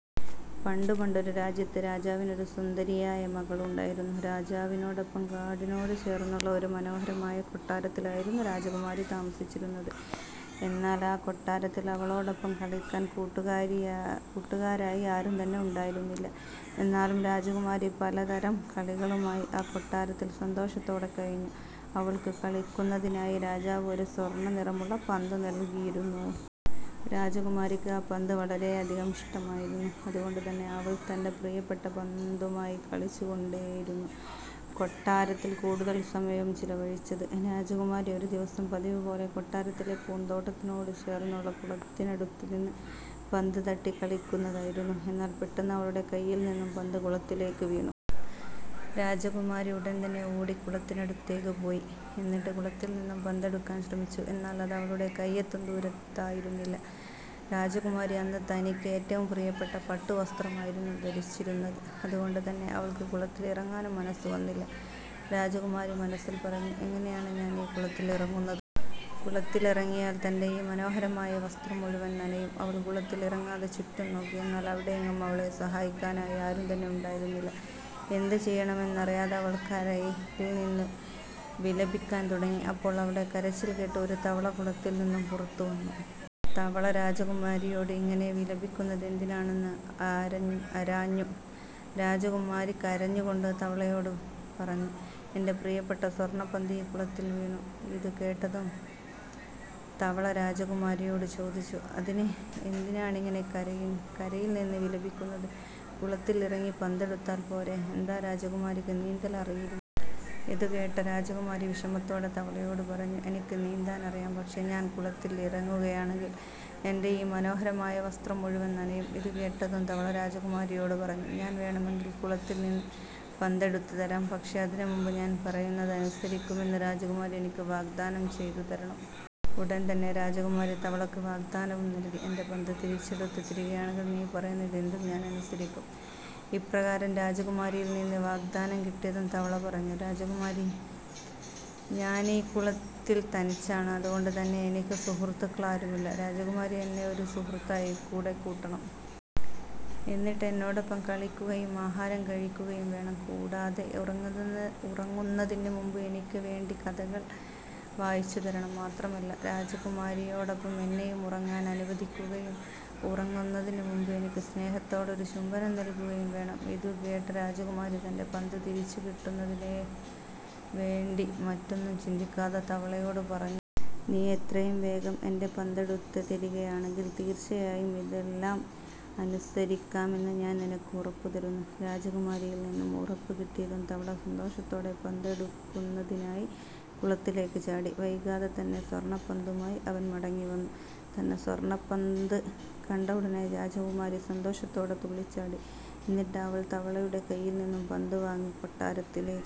പണ്ടു പണ്ടൊരു രാജ്യത്ത് രാജാവിന് ഒരു സുന്ദരിയായ മകളുണ്ടായിരുന്നു. രാജാവിനോടൊപ്പം കാടിനോട് ചേർന്നുള്ള ഒരു മനോഹരമായ കൊട്ടാരത്തിലായിരുന്നു രാജകുമാരി താമസിച്ചിരുന്നത്. എന്നാൽ ആ കൊട്ടാരത്തിൽ അവളോടൊപ്പം കളിക്കാൻ കൂട്ടുകാരായി ആരും തന്നെ ഉണ്ടായിരുന്നില്ല. എന്നാലും രാജകുമാരി പലതരം കളികളുമായി ആ കൊട്ടാരത്തിൽ സന്തോഷത്തോടെ കഴിഞ്ഞു. അവൾക്ക് കളിക്കുന്നതിനായി രാജാവ് ഒരു സ്വർണ നിറമുള്ള പന്ത് നൽകിയിരുന്നു. രാജകുമാരിക്ക് ആ പന്ത് വളരെയധികം ഇഷ്ടമായിരുന്നു. അതുകൊണ്ട് തന്നെ അവൾ തന്റെ പ്രിയപ്പെട്ട പന്തുമായി കളിച്ചു കൊണ്ടായിരുന്നു കൊട്ടാരത്തിൽ കൂടുതൽ സമയവും ചിലവഴിച്ചത്. രാജകുമാരി ഒരു ദിവസം പതിവു പോലെ കൊട്ടാരത്തിലെ പൂന്തോട്ടത്തിനോട് ചേർന്നുള്ള കുളത്തിനടുത്തു നിന്ന് പന്ത് തട്ടി കളിക്കുകയായിരുന്നു. എന്നാൽ പെട്ടെന്ന് അവളുടെ കൈയിൽ നിന്നും പന്ത് കുളത്തിലേക്ക് വീണു. രാജകുമാരി ഉടൻ തന്നെ ഓടി കുളത്തിനടുത്തേക്ക് പോയി. എന്നിട്ട് കുളത്തിൽ നിന്നും പന്തെടുക്കാൻ ശ്രമിച്ചു. എന്നാൽ അതവളുടെ കൈയെത്തും ദൂരത്തായിരുന്നില്ല. രാജകുമാരി അന്ന് തനിക്ക് ഏറ്റവും പ്രിയപ്പെട്ട പട്ടു വസ്ത്രമായിരുന്നു ധരിച്ചിരുന്നത്. അതുകൊണ്ടു തന്നെ അവൾക്ക് കുളത്തിലിറങ്ങാനും മനസ്സു വന്നില്ല. രാജകുമാരി മനസ്സിൽ പറഞ്ഞു "എങ്ങനെയാണ് ഞാനീ കുളത്തിൽ ഇറങ്ങുന്നത്. കുളത്തിലിറങ്ങിയാൽ തന്റെ ഈ മനോഹരമായ വസ്ത്രം മുഴുവൻ നനയും. " അവൾ കുളത്തിൽ ഇറങ്ങാതെ ചുറ്റും നോക്കി. എന്നാൽ അവിടെയെങ്ങും അവളെ സഹായിക്കാനായി ആരും തന്നെ ഉണ്ടായിരുന്നില്ല. എന്ത് ചെയ്യണം എന്നറിയാതെ അവൾ കരയിൽ നിന്നു വിലപിക്കാൻ തുടങ്ങി. അപ്പോൾ അവളുടെ കരച്ചിൽ കേട്ടു ഒരു തവള കുളത്തിൽ നിന്നും പുറത്തുവന്നു. തവള രാജകുമാരിയോട് ഇങ്ങനെ വിലപിക്കുന്നത് എന്തിനാണെന്ന് ആരാഞ്ഞു. രാജകുമാരി കരഞ്ഞു കൊണ്ട് തവളയോട് പറഞ്ഞു. "എന്റെ പ്രിയപ്പെട്ട സ്വർണപന്ത് ഈ കുളത്തിൽ വീണു. " ഇതു കേട്ടതും തവള രാജകുമാരിയോട് ചോദിച്ചു. "അതിന് എന്തിനാണിങ്ങനെ കരയിൽ നിന്ന് വിലപിക്കുന്നത്? കുളത്തിൽ ഇറങ്ങി പന്തെടുത്താൽ പോരെ? എന്താ രാജകുമാരിക്ക് നീന്തൽ അറിയില്ലേ? " ഇതുകേട്ട രാജകുമാരി വിഷമത്തോടെ തവളയോട് പറഞ്ഞു. "എനിക്ക് നീന്താൻ അറിയാം. പക്ഷേ ഞാൻ കുളത്തിൽ ഇറങ്ങുകയാണെങ്കിൽ എന്റെ ഈ മനോഹരമായ വസ്ത്രം മുഴുവൻ നനയും. " ഇതു കേട്ടതും തവള രാജകുമാരിയോട് പറഞ്ഞു. "ഞാൻ വേണമെങ്കിൽ കുളത്തിൽ നിന്ന് പന്ത് എടുത്തു തരാം. പക്ഷേ അതിനു മുൻപ് ഞാൻ പറയുന്നത് അനുസരിക്കാമെന്ന് രാജകുമാരി എനിക്ക് വാഗ്ദാനം ചെയ്തു തരണം. " ഉടൻതന്നെ രാജകുമാരി തവളയ്ക്ക് വാഗ്ദാനവും നൽകി "എന്റെ പന്ത് തിരിച്ചെടുത്ത് തരികയാണെങ്കിൽ നീ പറയുന്നത് എന്തും ഞാൻ അനുസരിക്കാം. " ഇപ്രകാരം രാജകുമാരിയിൽ നിന്നു വാഗ്ദാനം കിട്ടിയതും തവള പറഞ്ഞു "രാജകുമാരി, ഞാനീ കുളത്തിൽ തനിച്ചാണ്. അതുകൊണ്ടു തന്നെ എനിക്ക് സുഹൃത്തുക്കളാരുമില്ല. രാജകുമാരി എന്നെ ഒരു സുഹൃത്തായി കൂടെ കൂട്ടണം. എന്നിട്ട് എന്നോടൊപ്പം കളിക്കുകയും ആഹാരം കഴിക്കുകയും വേണം. കൂടാതെ ഉറങ്ങുന്നതിന് മുൻപ് എനിക്ക് വേണ്ടി കഥകൾ വായിച്ചു തരണം. മാത്രമല്ല രാജകുമാരിയോടൊപ്പം എന്നെയും ഉറങ്ങാൻ അനുവദിക്കുകയും ഉറങ്ങുന്നതിനു മുൻപ് എനിക്ക് സ്നേഹത്തോടെ ഒരു ചുംബനം നൽകുകയും വേണം. " ഇതു കേട്ട രാജകുമാരി തന്റെ പന്ത് തിരിച്ചു കിട്ടുന്നതിനു വേണ്ടി മറ്റൊന്നും ചിന്തിക്കാതെ തവളയോട് പറഞ്ഞു. "നീ എത്രയും വേഗം എന്റെ പന്തെടുത്ത് തരികയാണെങ്കിൽ തീർച്ചയായും ഇതെല്ലാം അനുസരിക്കാമെന്ന് ഞാൻ നിനക്ക് ഉറപ്പു തരുന്നു. " രാജകുമാരിയിൽ നിന്നും ഉറപ്പ് കിട്ടിയതും തവള സന്തോഷത്തോടെ പന്തെടുക്കുന്നതിനായി കുളത്തിലേക്ക് ചാടി. വൈകാതെ തന്നെ സ്വർണപന്തുമായി അവൻ മടങ്ങി വന്നു. തന്റെ സ്വർണപന്ത് കണ്ട ഉടനെ രാജകുമാരി സന്തോഷത്തോടെ തുള്ളിച്ചാടി. എന്നിട്ട് അവൾ തവളയുടെ കയ്യിൽനിന്നും പന്തും വാങ്ങി കൊട്ടാരത്തിലേക്ക്